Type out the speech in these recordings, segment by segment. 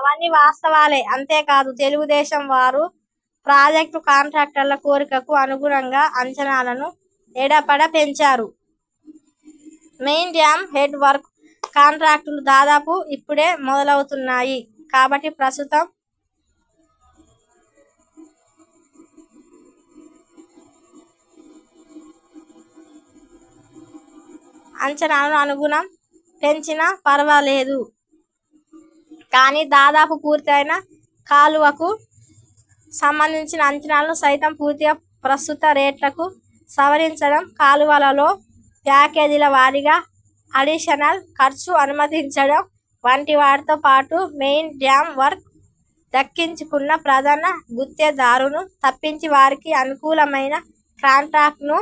అవన్నీ వాస్తవాలే. అంతేకాదు తెలుగుదేశం వారు ప్రాజెక్ట్ కాంట్రాక్టర్ల కోరికకు అనుగుణంగా అంచనాలను ఎడాపెడా పెంచారు. మెయిన్ డ్యామ్ హెడ్ వర్క్ కాంట్రాక్టులు దాదాపు ఇప్పుడే మొదలవుతున్నాయి కాబట్టి ప్రస్తుత అంచనాలకు అనుగుణం పెంచినా పరవాలేదు కానీ దాదాపు పూర్తి అయినా కాలువలకు సంబంధించిన అంచనాలను సైతం పూర్తిగా ప్రస్తుత రేట్లకు సవరించడం, కాలువలలో ప్యాకేజీల వారీగా అడిషనల్ ఖర్చు అనుమతించడం వంటి వాటితో పాటు మెయిన్ డ్యామ్ వర్క్ దక్కించుకున్న ప్రధాన గుత్తేదారును తప్పించి వారికి అనుకూలమైన కాంట్రాక్టర్ను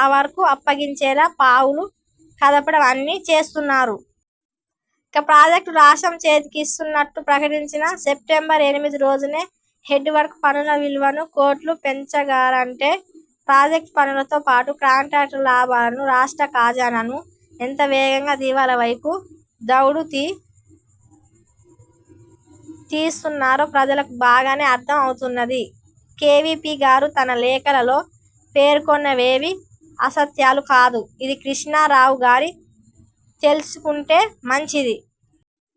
ఆ వర్క్ అప్పగించేలా పావులు కదపడం అన్నీ చేస్తున్నారు. ఇక ప్రాజెక్టు రాష్ట్రం చేతికి ఇస్తున్నట్లు ప్రకటించిన సెప్టెంబర్ ఎనిమిది రోజునే హెడ్ వర్క్ పనుల విలువను కోట్లు పెంచగలిగారంటే ప్రాజెక్టు పనులతో పాటు, కాంట్రాక్టర్ల లాభాలను, రాష్ట్ర ఖాజానాను ఎంత వేగంగా దివాళా వైపు దౌడు తీయిస్తున్నారో ప్రజలకు బాగానే అర్థం అవుతున్నది. కేవీపీ గారు తన లేఖలలో పేర్కొన్నవేవీ అసత్యాలు కాదు ఇది కృష్ణా రావు గారీ తెలుసుకొంటే మంచిది.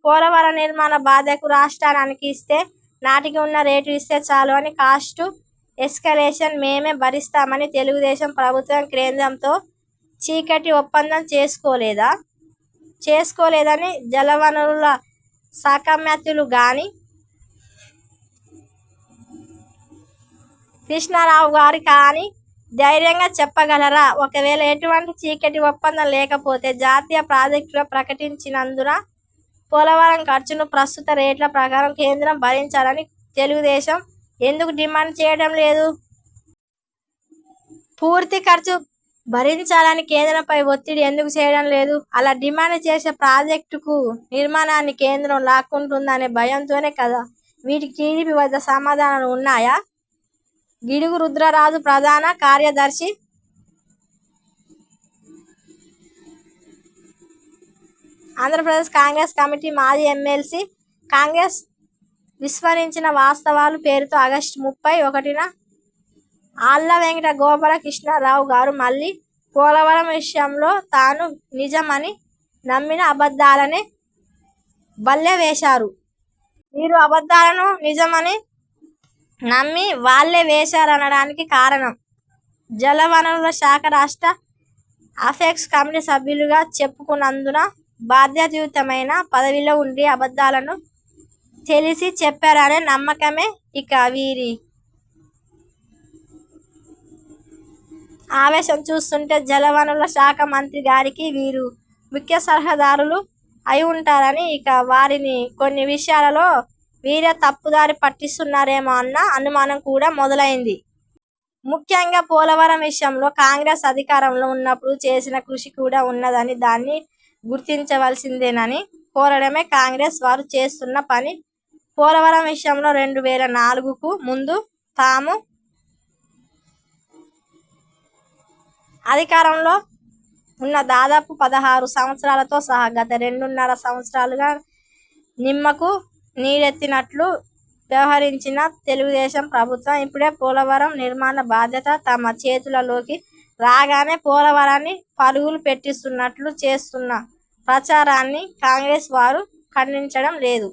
పోలవరం నిర్మాణ బాధ్యతను రాష్ట్రానికి ఇస్తే నాటికి ఉన్న రేటు ఇస్తే చాలు అని కాస్ట్ ఎస్కలేషన్ మేమే భరిస్తామని తెలుగుదేశం ప్రభుత్వం కేంద్రంతో చీకటి ఒప్పందం చేసుకోలేదా? చేసుకోలేదని జలవనరుల శాఖామాత్యులు గానీ, కృష్ణారావు గారు కానీ ధైర్యంగా చెప్పగలరా? ఒకవేళ ఎటువంటి చీకటి ఒప్పందం లేకపోతే జాతీయ ప్రాజెక్టుగా ప్రకటించినందున పోలవరం ఖర్చును ప్రస్తుత రేట్ల ప్రకారం కేంద్రం భరించాలని తెలుగుదేశం ఎందుకు డిమాండ్ చేయడం లేదు. పూర్తి ఖర్చు భరించాలని కేంద్రంపై వత్తిడి ఎందుకు చేయడం లేదు? అలా డిమాండ్ చేస్తే ప్రాజెక్టు నిర్మాణాన్ని కేంద్రం లాక్కుంటుందనే భయంతోనే కాదా? వీటికి టీడీపీ వద్ద సమాధానాలు ఉన్నాయా? గిడుగు రుద్రరాజు ప్రధాన కార్యదర్శి, ఆంధ్రప్రదేశ్ కాంగ్రెస్ కమిటీ, మాజీ ఎమ్మెల్సీ 'కాంగ్రెస్ విస్మరించిన వాస్తవాలు' పేరుతో ఆగస్టు ముప్పై ఒకటిన ఆళ్ళ వెంకట గోపాల కృష్ణారావు గారు మళ్ళీ పోలవరం విషయంలో తాను నిజమని నమ్మిన అబద్ధాలనే వల్లెవేశారు. వీరు అబద్ధాలను నిజమని నమ్మి వల్లె వేశారనడానికి కారణం, జలవనరుల శాఖ రాష్ట్ర అపెక్స్ కమిటీ సభ్యులుగా చెప్పుకొన్నందున బాధ్యతాయుతమైన పదవిలో ఉండి అబద్ధాలను తెలిసీ చెప్పారు అనే నమ్మకమే. ఇక వీరి ఆవేశం చూస్తుంటే జలవనరుల శాఖ మంత్రి గారికి వీరు ముఖ్యసలహాదారు అయివుంటారని ఇక వారిని కొన్ని విషయాలలో వీరే తప్పుదారి పట్టిస్తున్నారేమో అన్న అనుమానం కూడా మొదలైంది. ముఖ్యంగా.. పోలవరం విషయంలో కాంగ్రెస్ అధికారంలో ఉన్నప్పుడు చేసిన కృషి కూడా ఉన్నదని.. దాన్ని గుర్తించవలసిందేనని కోరడమే కాంగ్రెస్ వారు చేస్తున్న పని పోలవరం విషయంలో రెండు వేల నాలుగుకు ముందు తాము అధికారంలో ఉన్న దాదాపు పదహారు సంవత్సరాలతో సహా గత రెండున్నర సంవత్సరాలుగా నిమ్మకు నీరెత్తినట్లు వ్యవహరించిన తెలుగుదేశం ప్రభుత్వం ఇప్పుడు పోలవరం నిర్మాణ బాధ్యత తమ చేతుల లోకి రాగానే పోలవరాన్ని పరుగులు పెట్టిస్తున్నట్లు చేస్తున్న ప్రచారాన్నీ కాంగ్రెస్ వారు ఖండించడం లేదు.